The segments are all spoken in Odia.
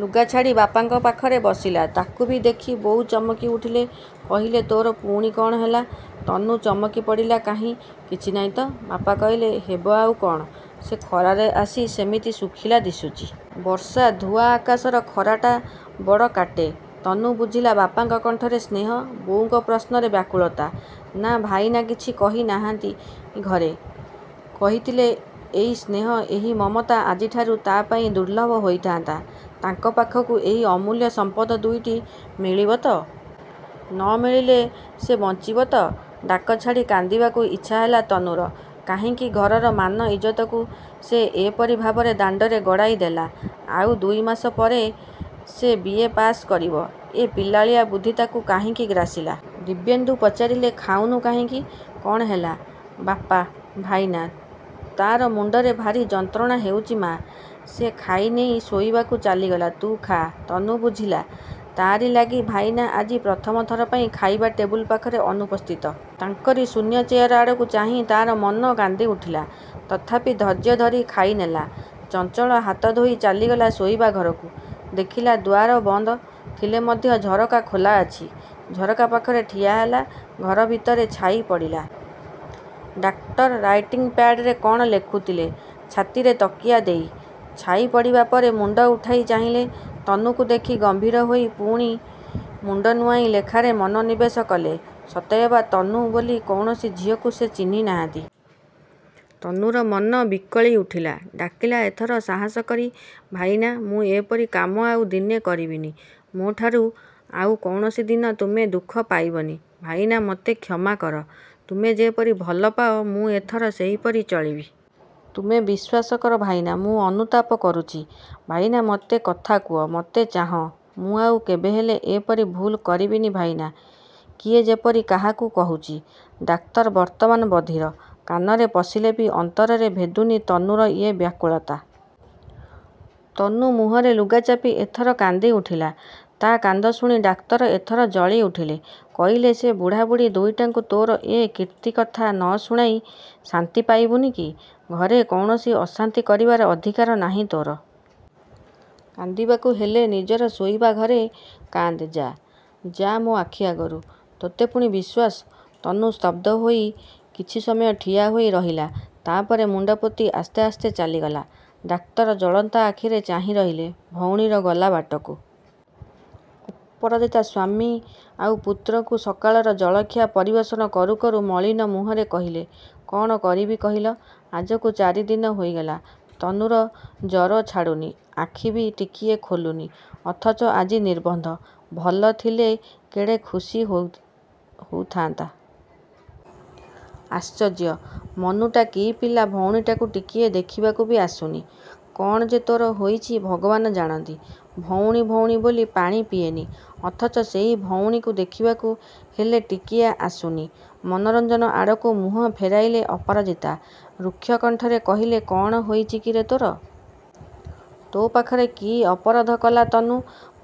ଲୁଗା ଛାଡ଼ି ବାପାଙ୍କ ପାଖରେ ବସିଲା। ତାକୁ ବି ଦେଖି ବୋଉ ଚମକି ଉଠିଲେ। କହିଲେ ତୋର ପୁଣି କ'ଣ ହେଲା? ତନୁ ଚମକି ପଡ଼ିଲା କାହିଁ କିଛି ନାହିଁ ତ। ବାପା କହିଲେ ହେବ ଆଉ କ'ଣ? ସେ ଖରାରେ ଆସି ସେମିତି ଶୁଖିଲା ଦିଶୁଛି। ବର୍ଷା ଧୁଆ ଆକାଶର ଖରାଟା ବଡ଼ କାଟେ। ତନୁ ବୁଝିଲା ବାପାଙ୍କ କଣ୍ଠରେ ସ୍ନେହ ବୋଉଙ୍କ ପ୍ରଶ୍ନରେ ବ୍ୟାକୁଳତା। ନା, ଭାଇନା କିଛି କହି ନାହାନ୍ତି ଘରେ। କହିଥିଲେ ଏଇ ସ୍ନେହ, ଏଇ ମମତା ଆଜିଠାରୁ ତା ପାଇଁ ଦୁର୍ଲଭ ହୋଇଥାନ୍ତା। ତାଙ୍କ ପାଖକୁ ଏଇ ଅମୂଲ୍ୟ ସମ୍ପଦ ଦୁଇଟି ମିଳିବ ତ? ନ ମିଳିଲେ ସେ ବଞ୍ଚିବ ତ ଡାକ ଛାଡ଼ି କାନ୍ଦିବାକୁ ଇଚ୍ଛା ହେଲା ତନୁର। କାହିଁକି ଘରର ମାନ ଇଜ୍ଜତକୁ ସେ ଏପରି ଭାବରେ ଦାଣ୍ଡରେ ଗଡ଼ାଇ ଦେଲା ଆଉ ଦୁଇ ମାସ ପରେ ସେ ବି ଏ ପାଶ୍ କରିବ। ଏ ପିଲାଳିଆ ବୁଦ୍ଧି ତାକୁ କାହିଁକି ଗ୍ରାସିଲା। ଦିବ୍ୟେନ୍ଦୁ ପଚାରିଲେ ଖାଉନୁ କାହିଁକି, କ'ଣ ହେଲା? ବାପା, ଭାଇନା? ତା'ର ମୁଣ୍ଡରେ ଭାରି ଯନ୍ତ୍ରଣା ହେଉଛି ମା'। ସେ ଖାଇନେଇ ଶୋଇବାକୁ ଚାଲିଗଲା। ତୁ ଖାଆ। ତନୁ ବୁଝିଲା, ତାରି ଲାଗି ଭାଇନା ଆଜି ପ୍ରଥମ ଥର ପାଇଁ ଖାଇବା ଟେବୁଲ ପାଖରେ ଅନୁପସ୍ଥିତ। ତାଙ୍କରି ଶୂନ୍ୟ ଚେୟାର ଆଡ଼କୁ ଚାହିଁ ମନ ତା'ର କାନ୍ଦି ଉଠିଲା। ତଥାପି ଧୈର୍ଯ୍ୟ ଧରି ଖାଇନେଲା। ଚଞ୍ଚଳ ହାତ ଧୋଇ ଚାଲିଗଲା ଶୋଇବା ଘରକୁ। ଦେଖିଲା ଦୁଆର ବନ୍ଦ ଥିଲେ ମଧ୍ୟ ଝରକା ଖୋଲା ଅଛି। ଝରକା ପାଖରେ ଠିଆ ହେଲା। ଘର ଭିତରେ ଛାଇ ପଡ଼ିଲା। ଡାକ୍ତର ରାଇଟିଂ ପ୍ୟାଡ୍ ରେ କ'ଣ ଲେଖୁଥିଲେ ଛାତିରେ ତକିଆ ଦେଇ। ଛାଇ ପଡ଼ିବା ଦେଖି ମୁଣ୍ଡ ଉଠାଇ ଚାହିଁଲେ। ତନୁକୁ ଦେଖି ଗମ୍ଭୀର ହୋଇ ପୁଣି ମୁଣ୍ଡ ନୁଆଁଇ ଲେଖାରେ ମନୋନିବେଶ କଲେ। ସତେଅବା ତନୁ ବୋଲି କୌଣସି ଝିଅକୁ ସେ ଚିହ୍ନି ନାହାନ୍ତି। ତନୁର ମନ ବିକଳି ଉଠିଲା। ଡାକିଲା ଏଥର ସାହସ କରି ଭାଇନା, ମୁଁ ଏପରି କାମ ଆଉ ଦିନେ କରିବିନି। ମୋଠାରୁ ଆଉ କୌଣସି ଦିନ ତୁମେ ଦୁଃଖ ପାଇବନି। ଭାଇନା ମୋତେ କ୍ଷମା କର। ତୁମେ ଯେପରି ଭଲ ପାଅ, ମୁଁ ଏଥର ସେହିପରି ଚଳିବି। ତୁମେ ବିଶ୍ୱାସ କର ଭାଇନା, ମୁଁ ଅନୁତାପ କରୁଛି। ଭାଇନା ମୋତେ କଥା କୁହ, ମତେ ଚାହଁ, ମୁଁ ଆଉ କେବେହେଲେ ଏପରି ଭୁଲ୍ କରିବିନି ଭାଇନା। କିଏ ଯେପରି କାହାକୁ କହୁଛି। ଡାକ୍ତର ବର୍ତ୍ତମାନ ବଧିର। କାନରେ ପଶିଲେ ବି ଅନ୍ତରରେ ଭେଦୁନି ତନୁର ଏ ବ୍ୟାକୁଳତା। ତନୁ ମୁହଁରେ ଲୁଗା ଚାପି ଏଥର କାନ୍ଦି ଉଠିଲା। ତା' କାନ୍ଦ ଶୁଣି ଡାକ୍ତର ଏଥର ଜଳି ଉଠିଲେ। କହିଲେ ସେ ବୁଢ଼ା ବୁଢ଼ୀ ଦୁଇଟାଙ୍କୁ ତୋର ଏ କୀର୍ତ୍ତିକଥା ନ ଶୁଣାଇ ଶାନ୍ତି ପାଇନୁ କି। ଘରେ କୌଣସି ଅଶାନ୍ତି କରିବାର ଅଧିକାର ନାହିଁ ତୋର। କାନ୍ଦିବାକୁ ହେଲେ ନିଜର ଶୋଇବା ଘରେ କାନ୍ଦ୍ ଯା। ଯା ମୋ ଆଖି ଆଗରୁ। ତତେ ପୁଣି ବିଶ୍ୱାସ! ତନୁ ସ୍ତବ୍ଧ ହୋଇ କିଛି ସମୟ ଠିଆ ହୋଇ ରହିଲା। ତା' ପରେ ମୁଣ୍ଡ ପୋତି ଆସ୍ତେ ଆସ୍ତେ ଚାଲିଗଲା। ଡାକ୍ତର ଜଳନ୍ତା ଆଖିରେ ଚାହିଁ ରହିଲେ ଭଉଣୀର ଗଲା ବାଟକୁ। ଅପରାଜିତା ସ୍ୱାମୀ ଆଉ ପୁତ୍ରକୁ ସକାଳର ଜଳଖିଆ ପରିବେଷଣ କରୁ କରୁ ମଳିନ ମୁହଁରେ କହିଲେ କ'ଣ କରିବି କହିଲ, ଆଜିକୁ ଚାରି ଦିନ ହୋଇଗଲା। ତନୁର ଜ୍ୱର ଛାଡ଼ୁନି। ଆଖି ବି ଟିକିଏ ଖୋଲୁନି। ଅଥଚ ଆଜି ନିର୍ବନ୍ଧ। ଭଲ ଥିଲେ କେଡ଼େ ଖୁସି ହୋଉଥ ହେଉଥାନ୍ତା। ଆଶ୍ଚର୍ଯ୍ୟ, ମନୁଟା କି ପିଲା ଭଉଣୀଟାକୁ ଟିକିଏ ଦେଖିବାକୁ ବି ଆସୁନି। କ'ଣ ଯେ ତା'ର ହୋଇଛି ଭଗବାନ ଜାଣନ୍ତି। ଭଉଣୀ ଭଉଣୀ ବୋଲି ପାଣି ପିଏନି, ଅଥଚ ସେଇ ଭଉଣୀକୁ ଦେଖିବାକୁ ହେଲେ ଟିକିଏ ଆସୁନି। ମନୋରଞ୍ଜନ ଆଡ଼କୁ ମୁହଁ ଫେରାଇଲେ ଅପରାଜିତା। ରୁକ୍ଷ କଣ୍ଠରେ କହିଲେ କ'ଣ ହୋଇଛି କିରେ ତୋର। ତୋ ପାଖରେ କି ଅପରାଧ କଲା ତନୁ?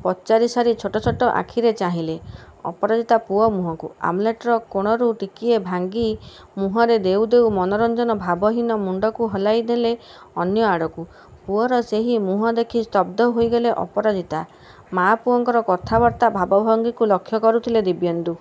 ପଚାରି ସାରି ଛୋଟ ଛୋଟ ଆଖିରେ ଚାହିଁଲେ ଅପରାଜିତା ପୁଅ ମୁହଁକୁ। ଆମ୍ଲେଟର କୋଣରୁ ଟିକିଏ ଭାଙ୍ଗି ମୁହଁରେ ଦେଉ ଦେଉ ମନୋରଞ୍ଜନ ଭାବହୀନ ମୁଣ୍ଡକୁ ବୁଲାଇ ଦେଲେ ଅନ୍ୟ ଆଡ଼କୁ। ପୁଅର ସେହି ମୁହଁ ଦେଖି ସ୍ତବ୍ଧ ହୋଇଗଲେ ଅପରାଜିତା। ମା' ପୁଅଙ୍କର କଥାବାର୍ତ୍ତା ଭାବଭଙ୍ଗୀକୁ ଲକ୍ଷ୍ୟ କରୁଥିଲେ ଦିବ୍ୟେନ୍ଦୁ।